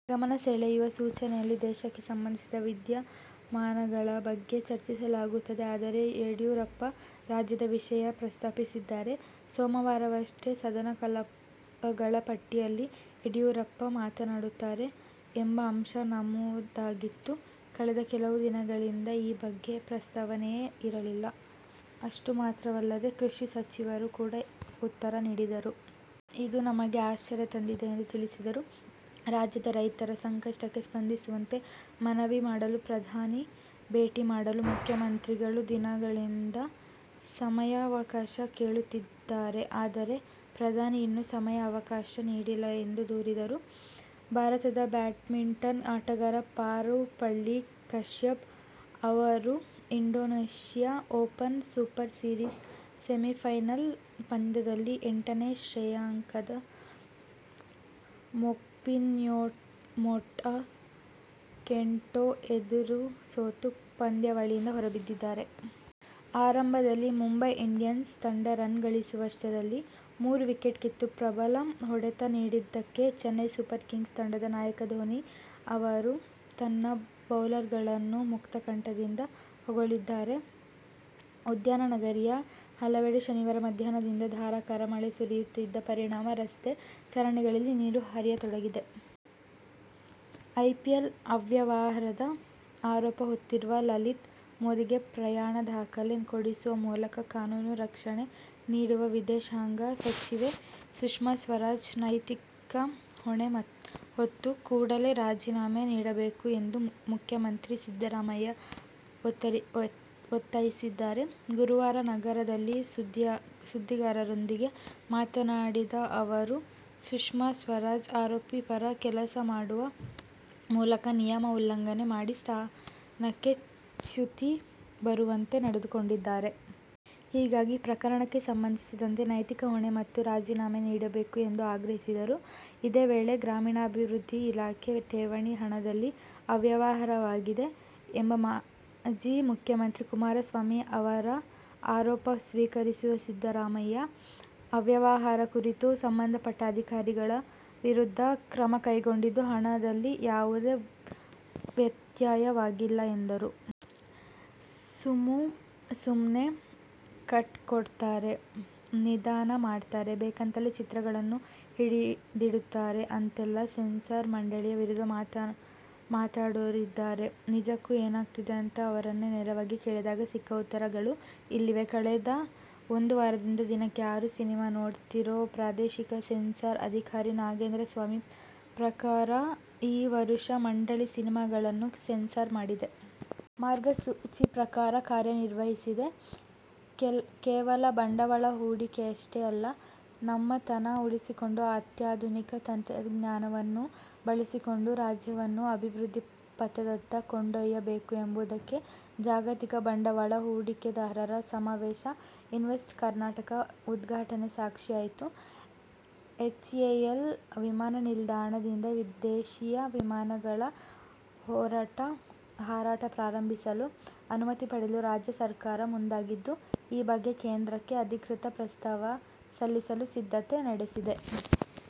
ಗಮನ ಸೆಳೆಯುವ ಸೂಚನೆಯಲ್ಲಿ ದೇಶಕ್ಕೆ ಸಂಬಂಧಿಸಿದ ವಿದ್ಯಮಾನಗಳ ಬಗ್ಗೆ ಚರ್ಚಿಸಲಾಗುತ್ತದೆ. ಆದರೆ ಯಡಿಯೂರಪ್ಪ ರಾಜ್ಯದ ವಿಷಯ ಪ್ರಸ್ತಾಪಿಸಿದ್ದಾರೆ. ಸೋಮವಾರವಷ್ಟೆ ಸದನ ಕಲಾಪಗಳ ಪಟ್ಟಿಯಲ್ಲಿ ಯಡಿಯೂರಪ್ಪ ಮಾತನಾಡುತ್ತಾರೆ ಎಂಬ ಅಂಶ ನಮೂದಾಗಿತ್ತು. ಕಳೆದ ಕೆಲವು ದಿನಗಳಿಂದ ಈ ಬಗ್ಗೆ ಪ್ರಸ್ತಾವನೆಯೇ ಇರಲಿಲ್ಲ. ಅಷ್ಟು ಮಾತ್ರವಲ್ಲದೆ ಕೃಷಿ ಸಚಿವರು ಕೂಡ ಉತ್ತರ ನೀಡಿದರು. ಇದು ನಮಗೆ ಅಶ್ಚರ್ಯ ತಂದಿದೆ ಎಂದು ತಿಳಿಸಿದರು. ರಾಜ್ಯದ ರೈತರ ಸಂಕಷ್ಟಕ್ಕೆ ಸ್ಪಂದಿಸುವಂತೆ ಮನವಿ ಮಾಡಲು ಪ್ರಧಾನಿ ಭೇಟಿ ಮಾಡಲು ಮುಖ್ಯಮಂತ್ರಿಗಳು ದಿನಗಳಿಂದ ಸಮಯವಕಾಶ ಕೇಳುತ್ತಿದ್ದಾರೆ. ಆದರೆ ಪ್ರಧಾನಿ ಇನ್ನೂ ಸಮಯ ಆವಕಾಶ ನೀಡಿಲ್ಲ ಎಂದು ದೂರಿದರು. ಭಾರತದ ಬ್ಯಾಡ್ಮಿಂಟನ್ ಆಟಗಾರ ಪಾರುಪಳ್ಳಿ ಕಶ್ಯಪ್ ಅವರು Indonesia open super series semifinal ಪಂದ್ಯದಲ್ಲಿ ಎಂಟನೆ ಶ್ರೇಯಾಂಕದ ಮೊಗ್ಪಿನ್ಯುಮೋಟ ಕೆಂಟೊ ಎದುರು ಸೋತು ಪಂದ್ಯಾವಳಿಯಿಂದ ಹೊರಬಿದ್ದಿದ್ದಾರೆ. ಆರಂಭದಲ್ಲಿ ಮುಂಬೈ ಇಂಡಿಯನ್ಸ್ ತಂಡ ರನ್ ಗಳಿಸುವಷ್ಟರಲ್ಲಿ ಮೂರು ವಿಕೆಟ್ ಕಿತ್ತು ಪ್ರಬಲ ಹೊಡೆತ ನೀಡಿದ್ದಕ್ಕೆ ಚೆನ್ನೈ ಸೂಪರ್ ಕಿಂಗ್ಸ್ ತಂಡದ ನಾಯಕ ಧೋನಿ ಅವರು ತನ್ನ ಬೌಲರ್ಗಳನ್ನು ಮುಕ್ತಕಂಠದಿಂದ ಹೊಗಳಿದ್ದಾರೆ. ಉದ್ಯಾನನಗರಿಯ ಹಲವೆಡೆ ಶನಿವಾರ ಮಧ್ಯಾಹ್ನದಿಂದ ಧಾರಾಕಾರ ಮಳೆ ಸುರಿಯುತ್ತಿದ್ದ ಪರಿಣಾಮ ರಸ್ತೆ, ಚರಂಡಿಗಳಲ್ಲಿ ನೀರು ಹರಿಯತೊಡಗಿದೆ. ಐಪಿಎಲ್ ಅವ್ಯವಹಾರದ ಆರೋಪ ಹೊತ್ತಿರುವ ಲಲಿತ್ ಮೋದಿಗೆ ಪ್ರಯಾಣ ದಾಖಲೆ ಕೊಡಿಸುವ ಮೂಲಕ ಕಾನೂನು ರಕ್ಷಣೆ ನೀಡಿರುವ ವಿದೇಶಾಂಗ ಸಚಿವೆ ಸುಷ್ಮಾ ಸ್ವರಾಜ್ ನೈತಿಕ ಹೊಣೆ ಹೊತ್ತು ಕೂಡಲೇ ರಾಜೀನಾಮೆ ನೀಡಬೇಕು ಎಂದು ಮುಖ್ಯಮಂತ್ರಿ ಸಿದ್ದರಾಮಯ್ಯ ಒತ್ತಾಯಿಸಿದ್ದಾರೆ. ಗುರುವಾರ ನಗರದಲ್ಲಿ ಸುದ್ದಿಗಾರರೊಂದಿಗೆ ಮಾತನಾಡಿದ ಅವರು, ಸುಷ್ಮಾ ಸ್ವರಾಜ್ ಆರೋಪಿ ಪರ ಕೆಲಸ ಮಾಡುವ ಮೂಲಕ ನಿಯಮ ಉಲ್ಲಂಘನೆ ಮಾಡಿ ಸ್ಥಾನಕ್ಕೆ ಚ್ಯುತಿ ಬರುವಂತೆ ನಡೆದುಕೊಂಡಿದ್ದಾರೆ. ಹೀಗಾಗಿ, ಪ್ರಕರಣಕ್ಕೆ ಸಂಬಂಧಿಸಿದಂತೆ ನೈತಿಕ ಹೊಣೆ ಹೊತ್ತು ರಾಜೀನಾಮೆ ನೀಡಬೇಕು ಎಂದು ಆಗ್ರಹಿಸಿದರು. ಇದೇ ವೇಳೆ ಗ್ರಾಮೀಣಾಭಿವೃದ್ಧಿ ಇಲಾಖೆ ಠೇವಣಿ ಹಣದಲ್ಲಿ ಅವ್ಯವಹಾರವಾಗಿದೆ ಎಂಬ ಮಾಜಿ ಮುಖ್ಯಮಂತ್ರಿ ಕುಮಾರಸ್ವಾಮಿ ಅವರ ಆರೋಪ ನಿರಾಕರಿಸಿರುವ ಸಿದ್ದರಾಮಯ್ಯ, ಅವ್ಯವಹಾರ ಕುರಿತು ಸಂಬಂಧಪಟ್ಟ ಅಧಿಕಾರಿಗಳ ವಿರುದ್ಧ ಕ್ರಮ ಕೈಗೊಂಡಿದ್ದು ಹಣದಲ್ಲಿ ಯಾವುದೇ ವ್ಯತ್ಯಯವಾಗಿಲ್ಲ ಎಂದರು. ಸುಮು ಸುಮ್ನೆ ಕಟ್ ಕೊಡ್ತಾರೆ. ನಿಧಾನ ಮಾಡ್ತಾರೆ. ಬೇಕಂತಲೇ ಚಿತ್ರಗಳನ್ನು ಹಿಡಿದಿಡುತ್ತಾರೆ ಅಂತೆಲ್ಲ ಸೆನ್ಸಾರ್ ಮಂಡಳಿಯ ವಿರುದ್ದ ಮಾತಾಡೋರಿದ್ದಾರೆ. ನಿಜಕ್ಕೂ ಏನಾಗ್ತಿದೆ ಅಂತ ಅವರನ್ನೇ ನೇರವಾಗಿ ಕೇಳಿದಾಗ ಸಿಕ್ಕ ಉತ್ತರಗಳು ಇಲ್ಲಿವೆ. ಕಳೆದ ಒಂದು ವಾರದಿಂದ ದಿನಕ್ಕೆ ಆರು ಸಿನಿಮಾ ನೋಡ್ತಿರೋ ಪ್ರಾದೇಶಿಕ ಸೆನ್ಸಾರ್ ಅಧಿಕಾರಿ ನಾಗೇಂದ್ರಸ್ವಾಮಿ ಪ್ರಕಾರ ಈ ವರುಷ ಮಂಡಳಿ ಸಿನಿಮಾಗಳನ್ನು ಸೆನ್ಸಾರ್ ಮಾಡಿದೆ. ಮಾರ್ಗಸೂಚಿ ಪ್ರಕಾರ ಕಾರ್ಯ ನಿರ್ವಹಿಸಿದೆ. ಕೇವಲ ಬಂಡವಾಳ ಹೂಡಿಕೆಯಷ್ಟೇ ಅಲ್ಲ, ನಮ್ಮತನ ಉಳಿಸಿಕೊಂಡು ಅತ್ಯಾಧುನಿಕ ತಂತ್ರಜ್ಞಾನವನ್ನೂ ಬಳಸಿಕೊಂಡು ರಾಜ್ಯವನ್ನು ಅಭಿವೃದ್ಧಿ ಪಥದತ್ತ ಕೊಂಡೊಯ್ಯಬೇಕು ಎಂಬುದಕ್ಕೆ ಜಾಗತಿಕ ಬಂಡವಾಳ ಹೂಡಿಕೆದಾರರ ಸಮಾವೇಶ "ಇನ್ವೆಸ್ಟ್ ಕರ್ನಾಟಕ- ' ಉದ್ಘಾಟನೆ ಸಾಕ್ಷಿಯಾಯಿತು. ಎಚ್ಎಎಲ್ ವಿಮಾನ ನಿಲ್ದಾಣ ದಿಂದ ದೇಶೀಯ ವಿಮಾನಗಳ ಹಾರಾಟ ಪ್ರಾರಂಭಿಸಲು ಅನುಮತಿ ಪಡೆಯಲು ರಾಜ್ಯ ಸರಕಾರ ಮುಂದಾಗಿದ್ದು, ಈ ಬಗ್ಗೆ ಕೇಂದ್ರಕ್ಕೆ ಅಧಿಕೃತ ಪ್ರಸ್ತಾವ ಸಲ್ಲಿಸಲು ಸಿದ್ಧತೆ ನಡೆಸಿದೆ.